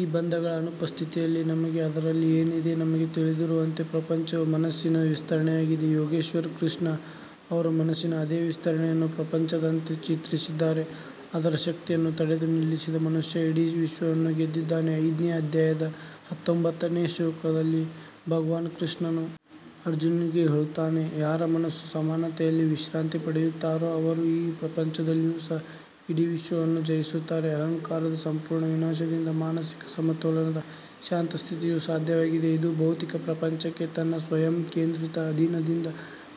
ಈ ಬಂಧಗಳ ಅನುಪಸ್ಥಿತಿಯಲ್ಲಿ ನಮಗೆ ಅದರಲ್ಲಿ ಏನಿದೆ ನಮಗೆ ತಿಳಿದಿರುವಂತೆ ಪ್ರಪಂಚವು ಮನಸ್ಸಿನ ವಿಸ್ತರಣೆಯಾಗಿದೆ ಯೋಗೇಶ್ವರ್ ಕೃಷ್ಣ ಅವರು ಮನಸ್ಸಿನ ಅದೇ ವಿಸ್ತರಣೆಯನ್ನು ಪ್ರಪಂಚದಂತೆ ಚಿತ್ರಿಸಿದ್ದಾರೆ ಅದರ ಶಕ್ತಿಯನ್ನು ತಡೆದು ನಿಲ್ಲಿಸಿದ ಮನುಷ್ಯ ಇಡೀ ವಿಶ್ವವನ್ನು ಗೆದ್ದಿದ್ದಾನೆ ಐದನೇ ಅಧ್ಯಾಯದ ಹತ್ತೊಂಬತ್ತನೇ ಶ್ಲೋಕದಲ್ಲಿ ಭಗವಾನ್ ಕೃಷ್ಣನು ಅರ್ಜುನನಿಗೆ ಹೇಳುತ್ತಾನೆ, ಯಾರ ಮನಸ್ಸು ಸಮಾನತೆಯಲ್ಲಿ ವಿಶ್ರಾಂತಿ ಪಡೆಯುತ್ತಾರೋ ಅವರು ಈ ಪ್ರಪಂಚದಲ್ಲಿಯೂ ಸಹ ಇಡೀ ವಿಶ್ವವನ್ನು ಜಯಿಸುತ್ತಾರೆ ಅಹಂಕಾರದ ಸಂಪೂರ್ಣ ವಿನಾಶದಿಂದ ಮಾನಸಿಕ ಸಮತೋಲನದ ಶಾಂತ ಸ್ಥಿತಿಯು ಸಾಧ್ಯವಾಗಿದೆ ಇದು ಭೌತಿಕ ಪ್ರಪಂಚಕ್ಕೆ ತನ್ನ ಸ್ವಯಂ ಕೇಂದ್ರಿತ ಅಧೀನದಿಂದ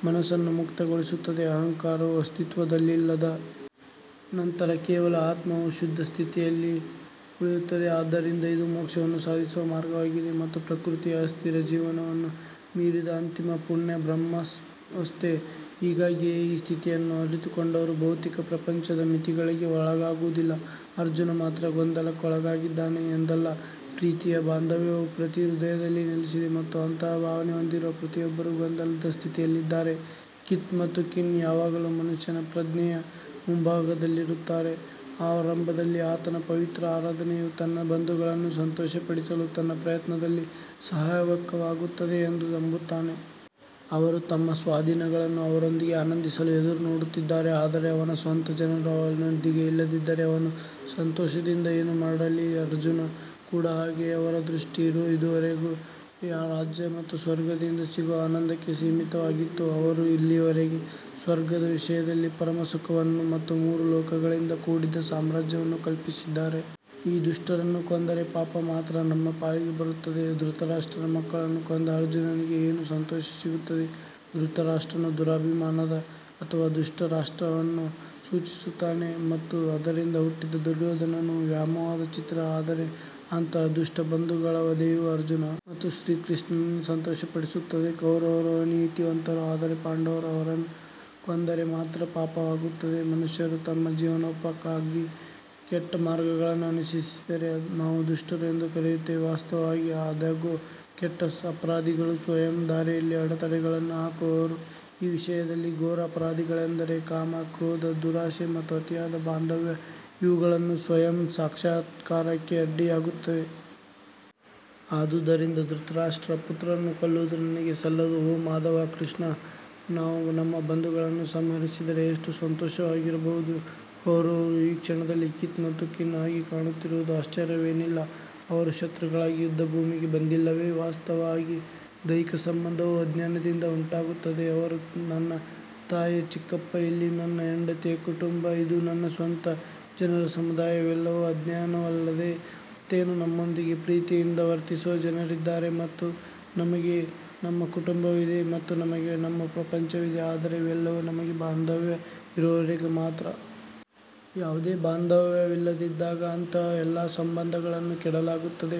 ಮನಸ್ಸನ್ನು ಮುಕ್ತಗೊಳಿಸುತ್ತದೆ ಅಹಂಕಾರವು ಅಸ್ತಿತ್ವದಲ್ಲಿಲ್ಲದ ನಂತರ ಕೇವಲ ಆತ್ಮವು ಶುದ್ಧ ಸ್ಥಿತಿಯಲ್ಲಿ ಉಳಿಯುತ್ತದೆ ಆದ್ದರಿಂದ ಇದು ಮೋಕ್ಷವನ್ನು ಸಾಧಿಸುವ ಮಾರ್ಗವಾಗಿದೆ ಮತ್ತು ಪ್ರಕೃತಿಯ ಅಸ್ಥಿರ ಜೀವನವನ್ನು ಮೀರಿದ ಅಂತಿಮ ಪುಣ್ಯ ಬ್ರಹ್ಮಾವಸ್ಥೆ ಹೀಗಾಗಿಯೇ ಈ ಸ್ಥಿತಿಯನ್ನು ಅರಿತುಕೊಂಡವರು ಭೌತಿಕ ಪ್ರಪಂಚದ ಮಿತಿಗಳಿಗೆ ಒಳಗಾಗುವುದಿಲ್ಲ ಅರ್ಜುನ್ ಮಾತ್ರ ಗೊಂದಲಕ್ಕೊಳಗಾಗಿದ್ದಾನೆ ಎಂದಲ್ಲ ಪ್ರೀತಿಯ ಬಾಂಧವ್ಯವು ಪ್ರತಿ ಹೃದಯದಲ್ಲಿ ನೆಲೆಸಿದೆ ಮತ್ತು ಅಂತಹ ಭಾವನೆ ಹೊಂದಿರುವ ಪ್ರತಿಯೊಬ್ಬರೂ ಗೊಂದಲದ ಸ್ಥಿತಿಯಲ್ಲಿದ್ದಾರೆ ಕಿತ್ ಮತ್ತು ಕಿನ್ ಯಾವಾಗಲೂ ಮನುಷ್ಯನ ಪ್ರಜ್ಞೆಯ ಮುಂಭಾಗದಲ್ಲಿರುತ್ತಾರೆ ಆರಂಭದಲ್ಲಿ ಆತನ ಪವಿತ್ರ ಆರಾಧನೆಯು ತನ್ನ ಬಂಧುಗಳನ್ನು ಸಂತೋಷಪಡಿಸಲು ತನ್ನ ಪ್ರಯತ್ನದಲ್ಲಿ ಸಹಾಯಕವಾಗುತ್ತದೆ ಎಂದು ನಂಬುತ್ತಾನೆ. ಅವರು ತಮ್ಮ ಸ್ವಾಧೀನಗಳನ್ನು ಅವರೊಂದಿಗೆ ಆನಂದಿಸಲು ಎದುರು ನೋಡುತ್ತಿದ್ದಾರೆ ಆದರೆ ಅವನ ಸ್ವಂತ ಜನರು ಅವನೊಂದಿಗೆ ಇಲ್ಲದಿದ್ದರೆ ಅವನು ಸಂತೋಷದಿಂದ ಏನು ಮಾಡಲಿ ಅರ್ಜುನ್ ಕೂಡ ಹಾಗೆಯೇ ಅವರ ದೃಷ್ಟಿ ಇದುವರೆಗೆ ರಾಜ್ಯ ಮತ್ತು ಸ್ವರ್ಗದಿಂದ ಸಿಗುವ ಆನಂದಕ್ಕೆ ಸೀಮಿತವಾಗಿತ್ತು ಅವರು ಇಲ್ಲಿಯವರೆಗೆ ಸ್ವರ್ಗದ ವಿಷಯದಲ್ಲಿ ಪರಮ ಸುಖವನ್ನು ಮತ್ತು ಮೂರು ಲೋಕಗಳಿಂದ ಕೂಡಿದ ಸಾಮ್ರಾಜ್ಯವನ್ನು ಕಲ್ಪಿಸಿದ್ದಾರೆ. ಈ ದುಷ್ಟರನ್ನೂ ಕೊಂದರೆ ಪಾಪ ಮಾತ್ರ ನಮ್ಮ ಪಾಲಿಗೆ ಬರುತ್ತದೆ ಧೃತರಾಷ್ಟ್ರನ ಮಕ್ಕಳನ್ನು ಕೊಂದ ಅರ್ಜುನನಿಗೆ ಏನು ಸಂತೋಷ ಸಿಗುತ್ತದೆ ಧೃತರಾಷ್ಟ್ರನು ದುರಭಿಮಾನದ ಅಥವಾ ದುಷ್ಟ ರಾಷ್ಟ್ರವನ್ನು ಸೂಚಿಸುತ್ತಾನೆ ಮತ್ತು ಅದರಿಂದ ಹುಟ್ಟಿದ ದುರ್ಯೋಧನನು ವ್ಯಾಮೋಹದ ಚಿತ್ರ ಆದರೆ ಅಂತಹ ದುಷ್ಟ ಬಂಧುಗಳ ವಧೆಯು ಅರ್ಜುನ್ ಮತ್ತು ಶ್ರೀಕೃಷ್ಣನನ್ನು ಸಂತೋಷಪಡಿಸುತ್ತದೆ ಕೌರವರು ಅನೀತಿವಂತರು ಆದರೆ ಪಾಂಡವರು ಅವರನ್ನು ಕೊಂದರೆ ಮಾತ್ರ ಪಾಪವಾಗುತ್ತದೆ ಮನುಷ್ಯರು ತಮ್ಮ ಜೀವನೋಪಾಯಕ್ಕಾಗಿ ಕೆಟ್ಟ ಮಾರ್ಗಗಳನ್ನು ಅನುಸರಿಸಿದರೆ ನಾವು ದುಷ್ಟರು ಎಂದು ಕರೆಯುತ್ತೇವೆ ವಾಸ್ತವವಾಗಿ ಆದಾಗ್ಯೂ ಕೆಟ್ಟ ಅಪರಾಧಿಗಳು ಸ್ವಯಂ ದಾರಿಯಲ್ಲಿ ಅಡೆತಡೆಗಳನ್ನು ಹಾಕುವವರು ಈ ವಿಷಯದಲ್ಲಿ ಘೋರ ಅಪರಾಧಿಗಳೆಂದರೆ ಕಾಮ ಕ್ರೋಧ ದುರಾಶೆ ಮತ್ತು ಅತಿಯಾದ ಬಾಂಧವ್ಯ ಇವುಗಳು ಸ್ವಯಂ ಸಾಕ್ಷಾತ್ಕಾರಕ್ಕೆ ಅಡ್ಡಿಯಾಗುತ್ತವೆ. ಆದುದರಿಂದ ಧೃತರಾಷ್ಟ್ರರ ಪುತ್ರರನ್ನು ಕೊಲ್ಲುವುದು ನಮಗೆ ಸಲ್ಲದು, ಓ ಮಾಧವ ಕೃಷ್ಣ, ನಾವು ನಮ್ಮ ಬಂಧುಗಳನ್ನು ಸಂಹರಿಸಿದರೆ ಎಷ್ಟು ಸಂತೋಷವಾಗಿರಬಹುದು. ಕೌರವರು ಈ ಕ್ಷಣದಲ್ಲಿ ಕಿತ್ ಮತ್ತು ಕಿನ್ ಆಗಿ ಕಾಣುತ್ತಿರುವುದು ಆಶ್ಚರ್ಯವೇನಿಲ್ಲ ಅವರು ಶತ್ರುಗಳಾಗಿ ಯುದ್ಧಭೂಮಿಗೆ ಬಂದಿಲ್ಲವೇ? ವಾಸ್ತವವಾಗಿ ದೈಹಿಕ ಸಂಬಂಧವು ಅಜ್ಞಾನದಿಂದ ಉಂಟಾಗುತ್ತದೆ ಅವರು ನನ್ನ ತಾಯಿಯ ಚಿಕ್ಕಪ್ಪ ಇಲ್ಲಿ ನನ್ನ ಹೆಂಡತಿಯ ಕುಟುಂಬ ಇದು ನನ್ನ ಸ್ವಂತ ಜನರ ಸಮುದಾಯ ಇವೆಲ್ಲವೂ ಅಜ್ಞಾನವಲ್ಲದೆ ಮತ್ತೇನು ನಮ್ಮೊಂದಿಗೆ ಪ್ರೀತಿಯಿಂದ ವರ್ತಿಸುವ ಜನರಿದ್ದಾರೆ ಮತ್ತು ನಮಗೆ ನಮ್ಮ ಕುಟುಂಬವಿದೆ ಮತ್ತು ನಮಗೆ ನಮ್ಮ ಪ್ರಪಂಚವಿದೆ ಆದರೆ ಇವೆಲ್ಲವೂ ನಮಗೆ ಬಾಂಧವ್ಯ ಇರುವವರೆಗೆ ಮಾತ್ರ. ಯಾವುದೇ ಬಾಂಧವ್ಯವಿಲ್ಲದಿದ್ದಾಗ ಅಂತಹ ಎಲ್ಲಾ ಸಂಬಂಧಗಳನ್ನು ಕೆಡವಲಾಗುತ್ತದೆ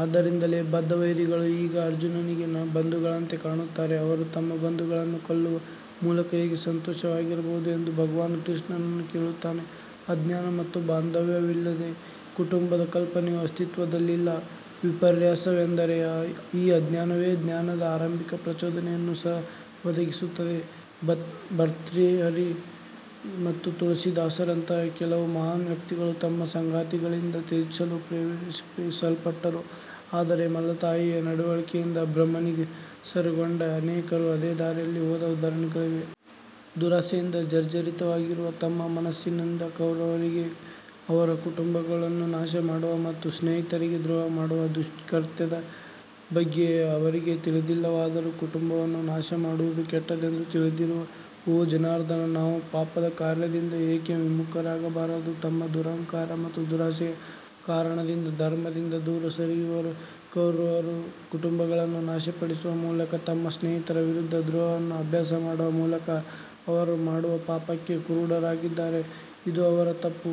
ಆದ್ದರಿಂದಲೇ ಬದ್ಧ ವೈರಿಗಳೂ ಈಗ ಅರ್ಜುನನಿಗೆ ಬಂಧುಗಳಂತೆ ಕಾಣುತ್ತಾರೆ ಅವರು ತಮ್ಮ ಬಂಧುಗಳನ್ನು ಕೊಲ್ಲುವ ಮೂಲಕ ಹೇಗೆ ಸಂತೋಷವಾಗಿರಬಹುದು ಎಂದು ಭಗವಾನ್ ಕೃಷ್ಣನನ್ನು ಕೇಳುತ್ತಾನೆ ಅಜ್ಞಾನ ಮತ್ತು ಬಾಂಧವ್ಯವಿಲ್ಲದೆ ಕುಟುಂಬದ ಕಲ್ಪನೆಯು ಅಸ್ತಿತ್ವದಲ್ಲಿಲ್ಲ ವಿಪರ್ಯಾಸವೆಂದರೆ ಈ ಅಜ್ಞಾನವೇ ಜ್ಞಾನದ ಆರಂಭಿಕ ಪ್ರಚೋದನೆಯನ್ನು ಸಹ ಒದಗಿಸುತ್ತದೆ ಭರ್ತ್ರಿಹರಿ ಮತ್ತು ತುಳಸಿದಾಸರಂತಹ ಕೆಲವು ಮಹಾನ್ ವ್ಯಕ್ತಿಗಳು ತಮ್ಮ ಸಂಗಾತಿಗಳಿಂದ ತ್ಯಜಿಸಲು ಪ್ರೇರೇಪಿಸಲ್ಪಟ್ಟರು ಆದರೆ ಮಲತಾಯಿಯ ನಡವಳಿಕೆಯಿಂದ ಭ್ರಮನಿರಸನಗೊಂಡ ಅನೇಕರು ಅದೇ ದಾರಿಯಲ್ಲಿ ಹೋದ ಉದಾಹರಣೆಗಳಿವೆ. ದುರಾಸೆಯಿಂದ ಜರ್ಜರಿತವಾಗಿರುವ ತಮ್ಮ ಮನಸ್ಸಿನಿಂದ ಕೌರವರಿಗೆ ಅವರು ಕುಟುಂಬಗಳನ್ನು ನಾಶಮಾಡುವ ಮತ್ತು ಸ್ನೇಹಿತರಿಗೆ ದ್ರೋಹ ಮಾಡುವ ದುಷ್ಕೃತ್ಯದ ಬಗ್ಗೆ ಅವರಿಗೆ ತಿಳಿದಿಲ್ಲವಾದರೂ, ಕುಟುಂಬವನ್ನು ನಾಶಮಾಡುವುದು ಕೆಟ್ಟದ್ದೆಂದು ತಿಳಿದಿರುವ ಓ ಜನಾರ್ದನ ನಾವು ಪಾಪದ ಕಾರ್ಯದಿಂದ ಏಕೆ ವಿಮುಖರಾಗಬಾರದು ತಮ್ಮ ದುರಹಂಕಾರ ಮತ್ತು ದುರಾಸೆಯ ಕಾರಣದಿಂದ ಧರ್ಮದಿಂದ ದೂರ ಸರಿಯುವ ಕೌರವರು ಕುಟುಂಬಗಳನ್ನು ನಾಶಪಡಿಸುವ ಮೂಲಕ ಮತ್ತು ಸ್ನೇಹಿತರ ವಿರುದ್ಧ ದ್ರೋಹವನ್ನು ಅಭ್ಯಾಸ ಮಾಡುವ ಮೂಲಕ ಅವರು ಮಾಡುವ ಪಾಪಕ್ಕೆ ಕುರುಡರಾಗಿದ್ದಾರೆ. ಇದು ಅವರ ತಪ್ಪು.